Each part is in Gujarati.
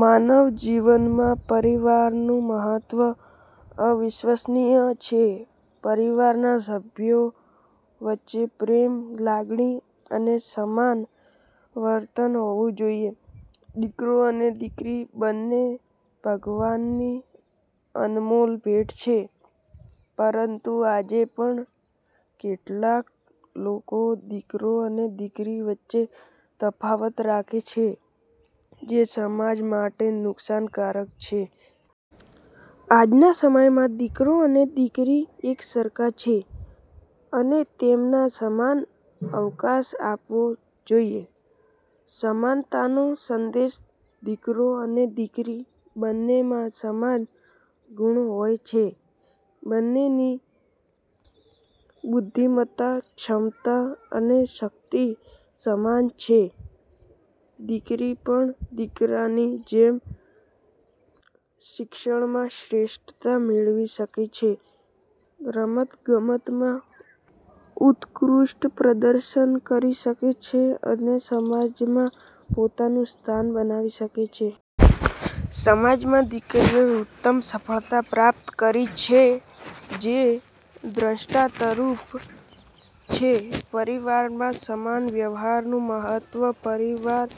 માનવ જીવનમાં પરિવારનું મહત્વ અવિશ્વસનીય છે. પરિવારના સભ્યો વચ્ચે પ્રેમ, લાગણી અને સમાન વર્તન હોવું જોઈએ. દીકરો અને દીકરી બંને ભગવાનની અનમોલ ભેટ છે. પરંતુ આજે પણ કેટલાક લોકો દીકરો અને દીકરી વચ્ચે તફાવત રાખે છે, જે સમાજ માટે નુકસાનકારક છે. આજના સમયમાં દીકરો અને દીકરી એકસરખા છે, અને તેમને સમાન અવકાશ આપવો જોઈએ. સમાનતાનો સંદેશ દીકરો અને દીકરી બંનેમાં સમાન ગુણ હોય છે. બંનેની બુદ્ધિમત્તા, ક્ષમતા અને શક્તિ સમાન છે. દીકરી પણ દીકરાની જેમ શિક્ષણમાં શ્રેષ્ઠતા મેળવી શકે છે, રમતગમતમાં ઉત્કૃષ્ટ પ્રદર્શન કરી શકે છે અને સમાજમાં પોતાનું સ્થાન બનાવી શકે છે. સમાજમાં દીકરીઓએ ઉત્તમ સફળતા પ્રાપ્ત કરી છે, જે દ્રષ્ટાંતરૂપ છે. પરિવારમાં સમાન વ્યવહારનું મહત્વ પરિવાર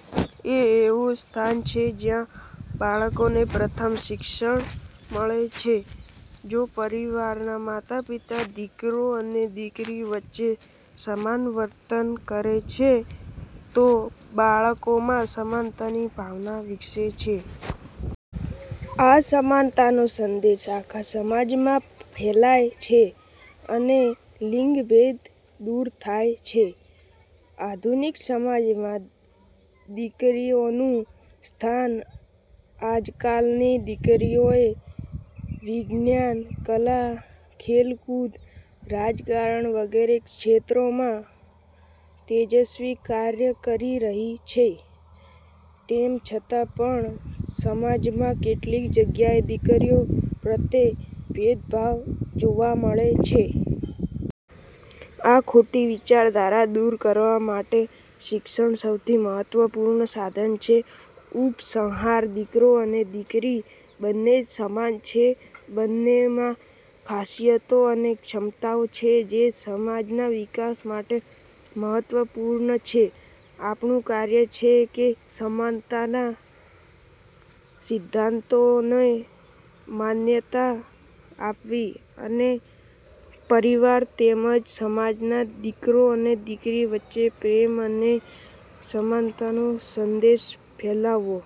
એ એવું સ્થાન છે જ્યાં બાળકોને પ્રથમ શિક્ષણ મળે છે. જો પરિવારના માતા-પિતા દીકરો અને દીકરી વચ્ચે સમાન વર્તન કરે છે, તો બાળકોમાં સમાનતાની ભાવના વિકસે છે. આ સમાનતાનો સંદેશ આખા સમાજમાં ફેલાય છે અને લિંગભેદ દૂર થાય છે. આધુનિક સમાજમાં દીકરીઓનું સ્થાન આજકાલની દીકરીઓ એ વિજ્ઞાન, કલા, ખેલકૂદ, રાજકારણ વગેરે ક્ષેત્રોમાં તેજસ્વી કાર્ય કરી રહી છે. તેમ છતાં પણ, સમાજમાં કેટલીક જગ્યાએ દીકરીઓ પ્રત્યે ભેદભાવ જોવા મળે છે. આ ખોટી વિચારધારા દૂર કરવા માટે શિક્ષણ સૌથી મહત્વપૂર્ણ સાધન છે. ઉપસંહાર દીકરો અને દીકરી બંને સમાન છે. બંનેમાં ખાસિયતો અને ક્ષમતાઓ છે, જે સમાજના વિકાસ માટે મહત્વપૂર્ણ છે. આપણું કાર્ય છે કે સમાનતા ના સિદ્ધાંતોને માન્યતા આપવી અને પરિવાર તેમજ સમાજમાં દીકરો અને દીકરી વચ્ચે પ્રેમ અને સમાનતાનો સંદેશ ફેલાવવો.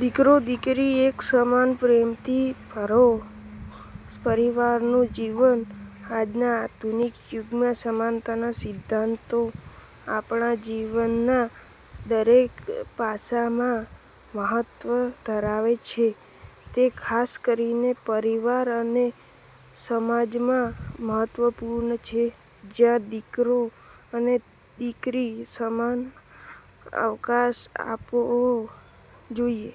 "દીકરો દીકરી એક સમાન, પ્રેમથી ભરો પરિવારનું જીવન" આજના આધુનિક યુગમાં સમાનતાના સિદ્ધાંતો આપણા જીવનના દરેક પાસામાં મહત્વ ધરાવે છે. તે ખાસ કરીને પરિવાર અને સમાજમાં મહત્વપૂર્ણ છે, જ્યાં દીકરો અને દીકરીને સમાન અવકાશ આપવો જોઈએ.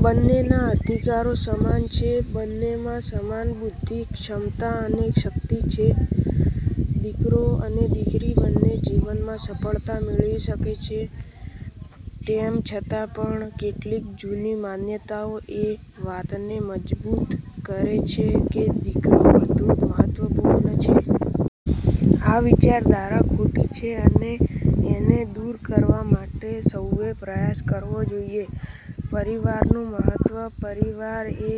બંનેના અધિકારો સમાન છે, બંનેમાં સમાન બુદ્ધિ, ક્ષમતા અને શક્તિ છે. દીકરો અને દીકરી બંને જીવનમાં સફળતા મેળવી શકે છે. તેમ છતાં પણ, કેટલીક જૂની માન્યતાઓ એ વાતને મજબૂત કરે છે કે દીકરો વધુ મહત્વપૂર્ણ છે. આ વિચારધારા ખોટી છે અને એને દૂર કરવા માટે સૌએ પ્રયાસ કરવો જોઈએ. પરિવારનું મહત્વ પરિવાર એ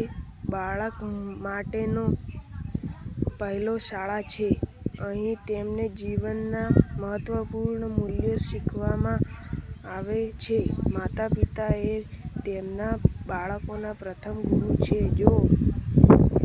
બાળક માટેનો પહેલો શાળા છે. અહીં તેમને જીવનના મહત્વપૂર્ણ મૂલ્યો શીખવામાં આવે છે. માતા-પિતા એ તેમના બાળકોના પ્રથમ ગુરુ છે. જો